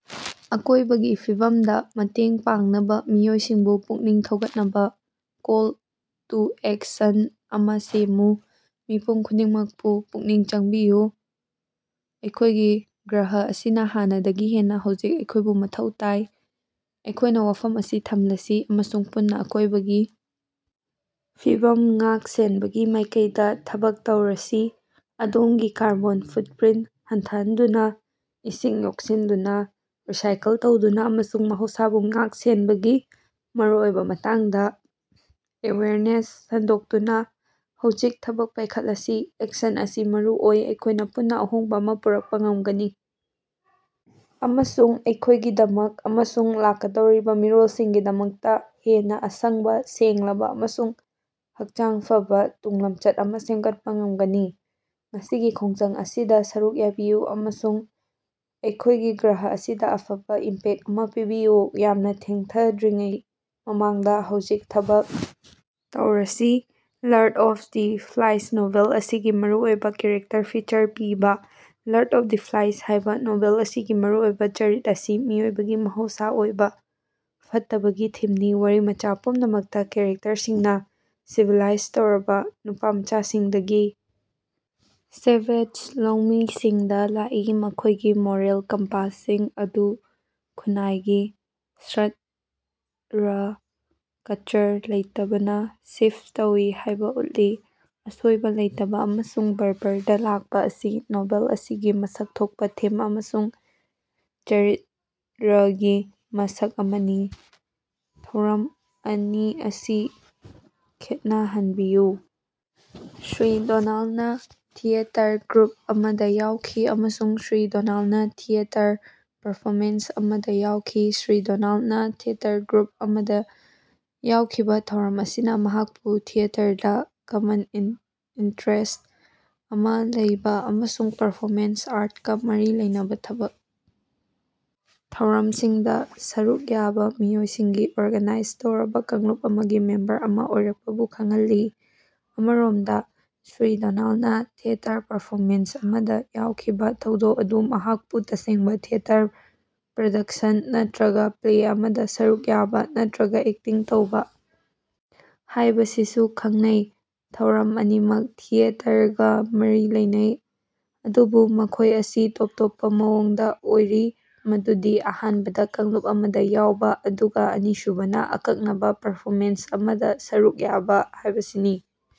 ‎ ꯑꯀꯣꯏꯕꯒꯤ ꯐꯤꯕꯝꯗ ꯃꯇꯦꯡ ꯄꯥꯡꯅꯕ ꯃꯤꯑꯣꯏꯁꯤꯡꯕꯨ ꯄꯨꯛꯅꯤꯡ ꯊꯧꯒꯠꯅꯕ ꯀꯣꯜ ꯇꯨ ꯑꯦꯛꯁꯟ ꯑꯃꯥ ꯁꯦꯝꯃꯨ꯫ ꯃꯤꯄꯨꯝ ꯈꯨꯗꯤꯡꯃꯛꯄꯨ ꯄꯨꯛꯅꯤꯡ ꯆꯪꯕꯤꯌꯨ꯫ ꯑꯩꯈꯣꯏꯒꯤ ꯒ꯭ꯔꯍ ꯑꯁꯤꯅ ꯍꯥꯟꯅꯗꯒꯤ ꯍꯦꯟꯅ ꯍꯧꯖꯤꯛ ꯑꯩꯈꯣꯏꯕꯨ ꯃꯊꯧ ꯇꯥꯏ꯫ ꯑꯩꯈꯣꯏꯅ ꯋꯥꯐꯝ ꯑꯃ ꯊꯝꯂꯁꯤ ꯑꯃꯁꯨꯡ ꯄꯨꯟꯅ ꯑꯀꯣꯏꯕꯒꯤ ꯐꯤꯕꯝ ꯉꯥꯛ-ꯁꯦꯟꯕꯒꯤ ꯃꯥꯏꯀꯩꯗ ꯊꯕꯛ ꯇꯧꯔꯁꯤ꯫ ꯑꯗꯣꯝꯒꯤ ꯀꯥꯔꯕꯣꯟ ꯐꯨꯠꯄ‌꯭ꯔꯤꯟ ꯍꯟꯊꯍꯟꯗꯨꯅ, ꯏꯁꯤꯡ ꯌꯣꯛꯁꯤꯟꯗꯨꯅ, ꯔꯤꯁꯥꯏꯀꯜ ꯇꯧꯗꯨꯅ ꯑꯃꯁꯨꯡ ꯃꯍꯧꯁꯥꯕꯨ ꯉꯥꯛ-ꯁꯦꯟꯕꯒꯤ ꯃꯔꯨꯑꯣꯏꯕꯒꯤ ꯃꯇꯥꯡꯗ ꯑꯦꯋꯦꯌꯔꯅꯦꯁ ꯁꯟꯗꯣꯛꯇꯨꯅ ꯍꯧꯖꯤꯛ ꯊꯕꯛ ꯄꯥꯏꯈꯠꯂꯁꯤ꯫ ꯑꯦꯛꯁꯟ ꯑꯁꯤ ꯃꯔꯨ ꯑꯣꯏ꯫ ꯑꯩꯈꯣꯏꯅ ꯄꯨꯟꯅ ꯑꯍꯣꯡꯕ ꯑꯃꯥ ꯄꯨꯔꯛꯄ ꯉꯝꯒꯅꯤ ꯑꯃꯁꯨꯡ ꯑꯩꯈꯣꯏꯒꯤꯗꯃꯛ ꯑꯃꯁꯨꯡ ꯂꯥꯛꯀꯗꯧꯔꯤꯕ ꯃꯤꯔꯣꯜꯁꯤꯡꯒꯤꯗꯃꯛꯇ ꯍꯦꯟꯅ ꯑꯁꯪꯕ, ꯁꯦꯡꯂꯕ ꯑꯃꯁꯨꯡ ꯍꯛꯆꯥꯡ ꯐꯕ ꯇꯨꯡꯂꯝꯆꯠ ꯑꯃ ꯁꯦꯝꯒꯠꯄ ꯉꯝꯒꯅꯤ꯫ ꯉꯁꯤꯒꯤ ꯈꯣꯡꯖꯪ ꯑꯁꯤꯗ ꯁꯔꯨꯛ ꯌꯥꯕꯤꯌꯨ ꯑꯃꯁꯨꯡ ꯑꯩꯈꯣꯏꯒꯤ ꯒ꯭ꯔꯍ ꯑꯁꯤꯗ ꯑꯐꯕ ꯏꯝꯄꯦꯛ ꯑꯃ ꯄꯤꯕꯤꯌꯨ꯫ ꯌꯥꯝꯅ ꯊꯦꯡꯊꯗ꯭ꯔꯤꯉꯩ ꯃꯃꯥꯡꯗ ꯍꯧꯖꯤꯛ ꯊꯕꯛ ꯇꯧꯔꯁꯤ꯫ Lord of the Flies novel ꯑꯁꯤꯒꯤ ꯃꯔꯨꯑꯣꯏꯕ ꯀꯦꯔꯦꯛꯇꯔ ꯐꯤꯆꯔ ꯄꯤꯕꯥ꯫ ꯂꯔꯗ ꯑꯣꯐ ꯗ ꯐ꯭ꯂꯥꯏꯁ ꯍꯥꯏꯕ ꯅꯣꯚꯦꯜ ꯑꯁꯤꯒꯤ ꯃꯔꯨ ꯑꯣꯏꯕ ꯆꯔꯤꯠ ꯑꯁꯤ ꯃꯤꯑꯣꯏꯕꯒꯤ ꯃꯍꯧꯁꯥꯒꯤ ꯑꯣꯏꯕ ꯐꯠꯇꯕꯒꯤ ꯊꯤꯝꯅꯤ꯫ ꯋꯥꯔꯤꯃꯆꯥ ꯄꯨꯝꯅꯃꯛꯇꯥ ꯀ‌ꯦꯔꯦꯛꯇꯔꯁꯤꯡꯅ ꯁꯤꯚꯤꯂꯥꯏꯖ ꯇꯧꯔꯕ ꯅꯨꯄꯥꯃꯆꯥꯁꯤꯡꯗꯒꯤ ꯁꯦꯚꯦꯖ ꯂꯧꯃꯤꯁꯤꯡꯗ ꯂꯥꯛꯏ, ꯃꯈꯣꯏꯒꯤ ꯃꯣꯔꯦꯜ ꯀꯝꯄꯥꯁꯁꯤꯡ ꯑꯗꯨ ꯈꯨꯟꯅꯥꯏꯒꯤ ꯁ꯭ꯠꯔꯀꯆꯔ ꯂꯩꯇꯕꯅ ꯁꯤꯐ ꯇꯧꯏ ꯍꯥꯏꯕ ꯎꯠꯂꯤ꯫ ꯑꯁꯣꯏꯕ ꯂꯩꯇꯕ ꯑꯃꯁꯨꯡ ꯕꯔꯕꯔꯗ ꯂꯥꯛꯄ ꯑꯁꯤ ꯅꯣꯚꯦꯜ ꯑꯁꯤꯒꯤ ꯃꯁꯛ ꯊꯣꯛꯄ ꯊꯤꯝ ꯑꯃꯁꯨꯡ ꯆꯔꯤꯠꯔꯒꯤ ꯃꯁꯛ ꯑꯃꯅꯤ꯫ ꯊꯧꯔꯝ ꯑꯅꯤ ꯑꯁꯤ ꯈꯦꯠꯅꯍꯟꯕꯤꯌꯨ: ꯁ꯭ꯔꯤ ꯗꯣꯅꯥꯜꯗꯅ ꯊꯤꯌꯦꯇꯔ ꯒ꯭ꯔꯨꯞ ꯑꯃꯗ ꯌꯥꯎꯈꯤ ꯑꯃꯁꯨꯡ ꯁ꯭ꯔꯤ ꯗꯣꯅꯥꯜꯗꯅ ꯊꯤꯌꯦꯇꯔ ꯄꯔꯐꯣꯃꯦꯟꯁ ꯑꯃꯗ ꯌꯥꯎꯈꯤ꯫ ꯁ꯭ꯔꯤ ꯗꯣꯅꯥꯜꯗꯅ ꯊꯤꯌꯦꯇꯔ ꯒ꯭ꯔꯨꯞ ꯑꯃꯗ ꯌꯥꯎꯈꯤꯕ ꯊꯧꯔꯝ ꯑꯁꯤꯅ ꯃꯍꯥꯛꯄꯨ ꯊꯤꯌꯦꯇꯔꯗ ꯀꯃꯟ ꯏꯟꯇꯔꯦꯁ ꯑꯃꯥ ꯂꯩꯕ ꯑꯃꯁꯨꯡ ꯄꯔꯐꯣꯃꯦꯟꯁ ꯑꯥꯔꯠꯀ ꯃꯔꯤ ꯂꯩꯅꯕ ꯊꯕꯛ ꯊꯧꯔꯝꯁꯤꯡꯗ ꯁꯔꯨꯛ ꯌꯥꯕ ꯃꯤꯑꯣꯏꯁꯤꯡꯒꯤ ꯑꯣꯔꯒꯅꯥꯏꯖ ꯇꯧꯔꯕ ꯀꯥꯡꯂꯨꯞ ꯑꯃꯒꯤ ꯃꯦꯝꯕꯔ ꯑꯃ ꯑꯣꯏꯔꯛꯄꯕꯨ ꯈꯪꯍꯜꯂꯤ꯫ ꯑꯃꯔꯣꯝꯗ ꯁ꯭ꯔꯤ ꯗꯣꯅꯥꯜꯗꯅ ꯊꯤꯌꯦꯇꯔ ꯄꯔꯐꯣꯃꯦꯟꯁ ꯑꯃꯗ ꯌꯥꯎꯈꯤꯕ ꯊꯧꯗꯣꯛ ꯑꯗꯨ ꯃꯍꯥꯛꯄꯨ ꯇꯁꯦꯡꯕ ꯊꯤꯌꯦꯇꯔ ꯄ꯭ꯔꯣꯗꯛꯁꯟ ꯅꯠꯇꯔꯒ ꯄ꯭ꯂꯦ ꯑꯃꯗ ꯁꯔꯨꯛ ꯌꯥꯕ ꯅꯠꯇꯔꯒ ꯑꯦꯛꯇꯤꯡ ꯇꯧꯕ ꯍꯥꯏꯕꯁꯤꯕꯨ ꯈꯪꯅꯩ꯫ ꯊꯧꯔꯝ ꯑꯅꯤꯃꯛ ꯊꯤꯌꯦꯇꯔꯒꯥ ꯃꯔꯤ ꯂꯩꯅꯩ, ꯑꯗꯨꯕꯨ ꯃꯈꯣꯏ ꯑꯁꯤ ꯇꯣꯞ ꯇꯣꯞꯄ ꯃꯑꯣꯡꯗ ꯑꯣꯏꯔꯤ ꯃꯗꯨꯗꯤ ꯑꯍꯥꯟꯕꯗꯥ ꯀꯥꯡꯂꯨꯞ ꯑꯃꯗ ꯌꯥꯎꯕ ꯑꯗꯨꯒ ꯑꯅꯤꯁꯨꯕꯅ ꯑꯀꯛꯅꯕ ꯄꯔꯐꯣꯃꯦꯟꯁ ꯑꯃꯗ ꯁꯔꯨꯛ ꯌꯥꯕ ꯍꯥꯏꯕꯁꯤꯅꯤ꯫